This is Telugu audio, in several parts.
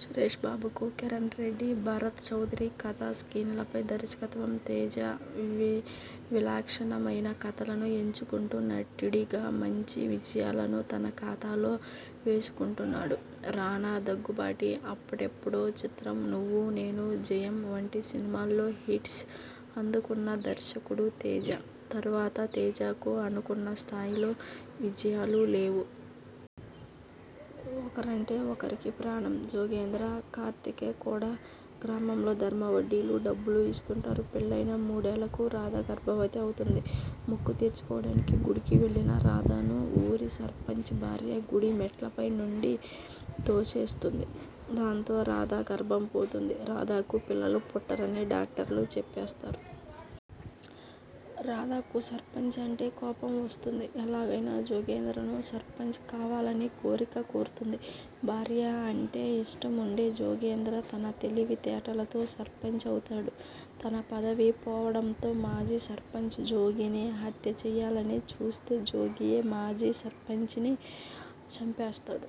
సురేష్బాబు, కిరణ్రెడ్డి, భరత్ చౌదరి కథ, స్క్రీన్ప్లే, దర్శకత్వం తేజ విలక్షణమైన కథలను ఎంచుకుంటూ నటుడిగా మంచి విజయాలను తన ఖాతాలో వేసుకుంటున్నాడు రానా దగ్గుబాటి. అప్పుడెప్పుడో చిత్రం, నువ్వు నేను, జయం వంటి సినిమాలతో హిట్స్ అందుకున్న దర్శకుడు తేజ. తర్వాత తేజకు అనుకున్న స్థాయిలో విజయాలు లేవు. ఒకరంటే ఒకరికి ప్రాణం. జోగేంద్ర కారైకూడా గ్రామంలో ధర్మ వడ్డీలకు డబ్బులు ఇస్తుంటాడు. పెళ్లైయిన మూడేళ్లకు రాధ గర్భవతి అవుతుంది. మొక్కు తీర్చుకోవడానికి గుడికి వెళ్లిన రాధను ఊరి సర్పంచ్ భార్య గుడి మెట్లపై నుండి తోసేస్తుంది. దాంతో రాధ గర్భం పోతుంది. రాధకు పిల్లలు పుట్టరని డాక్టర్లు చెప్పేస్తారు. రాధకు సర్పంచ్ అంటే కోపం వస్తుంది. ఎలాగైనా జోగేంద్రను సర్పంచ్ కావాలని కోరిక కోరుతుంది. భార్య అంటే ఇష్టముండే జోగేంద్ర తన తెలివి తేటలతో సర్పంచ్ అవుతాడు. తన పదవి పోవడంతో మాజీ సర్పంచ్, జోగిని హత్య చేయాలని చూస్తే, జోగియే మాజీ సర్పంచ్ను చంపేస్తాడు.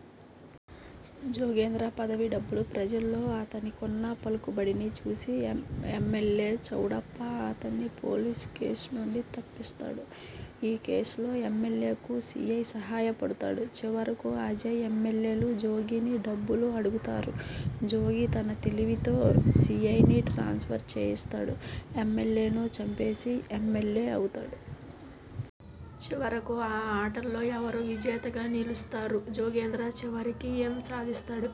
జోగేంద్ర పదవి, డబ్బు, ప్రజల్లో అతనికున్న పలుకుబడిని చూసి ఎమ్మెల్యే చౌడప్ప అతన్ని పోలీసు కేసు నుండి తప్పిస్తాడు. ఈ కేసులో ఎమ్మెల్యేకు సి. ఐ సహాయపడతాడు. చివరకు అజయ్, ఎమ్మెల్యేలు జోగిని డబ్బులు అడుగుతారు. జోగి తన తెలివితో సిఐని ట్రాన్స్ఫర్ చేయిస్తాడు. ఎమ్మెల్యేను చంపేసి ఎమ్మెల్యే అవుతాడు. చివరకు ఆ ఆటలో ఎవరు విజేతగా నిలుస్తారు? జోగేంద్ర చివరికి ఏం సాధిస్తాడు?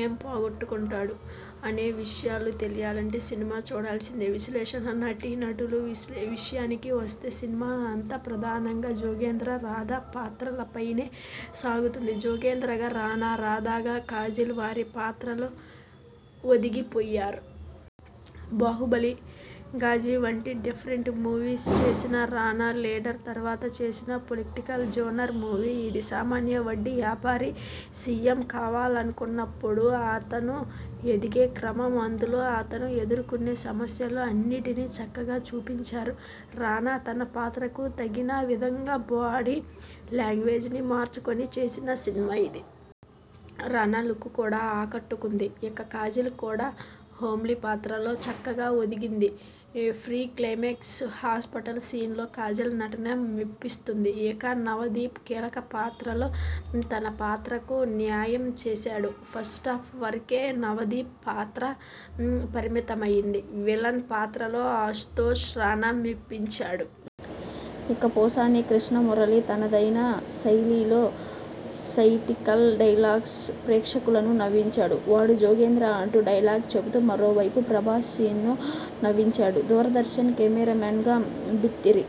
ఏం పొగొట్టుకుంటాడు? అనే విషయాలు తెలియాలంటే సినిమా చూడాల్సిందే. విశ్లేషణ నటీనటులు విషయానికి వస్తే సినిమా అంతా ప్రధానంగా జోగేంద్ర, రాధ పాత్రలపైనే సాగుతుంది. జోగేంద్రగా రానా, రాధగా కాజల్ వారి పాత్రల్లో ఒదిగిపోయారు. బాహుబలి, ఘాజీ వంటి డిఫరెంట్ మూవీస్ చేసిన రానా లీడర్ తర్వాత చేసిన పొలిటికల్ జోనర్ మూవీ ఇది. సామాన్య వడ్డీ వ్యాపారి సీఎం కావాలనుకున్నప్పుడు అతను ఎదిగే క్రమం, అందులో అతను ఎదుర్కొనే సమస్యలు అన్నింటినీ చక్కగా చూపించారు. రానా తన పాత్రకు తగిన విధంగా బాడీ లాంగ్వేజ్ను మార్చుకుని చేసిన సినిమా ఇది. రానా లుక్ కూడా ఆకట్టుకుంటుంది. ఇక కాజల్ కూడా హోమ్లి పాత్రలో చక్కగా ఒదిగింది. ప్రీ క్లైమాక్స్ హాస్పిటల్ సీన్లో కాజల్ నటన మెప్పిస్తుంది. ఇక నవదీప్ కీలక పాత్రలో తన పాత్రకు న్యాయం చేశాడు. ఫస్టాఫ్ వరకే నవదీప్ పాత్ర పరిమితమైంది. విలన్ పాత్రలో అశుతోష్ రానా మెప్పించాడు. ఇక పోసాని కృష్ణమురళి తనదైన శైలిలో సైటికల్ డైలాగ్స్తో ప్రేక్షకులను నవ్వించాడు. వాడు జోగేంద్ర.. అంటూ డైలాగ్ చెబుతూ మరోవైపు ప్రభాస్ శ్రీను నవ్వించాడు. దూరదర్శన్ కెమెరామెన్గా బిత్తిరి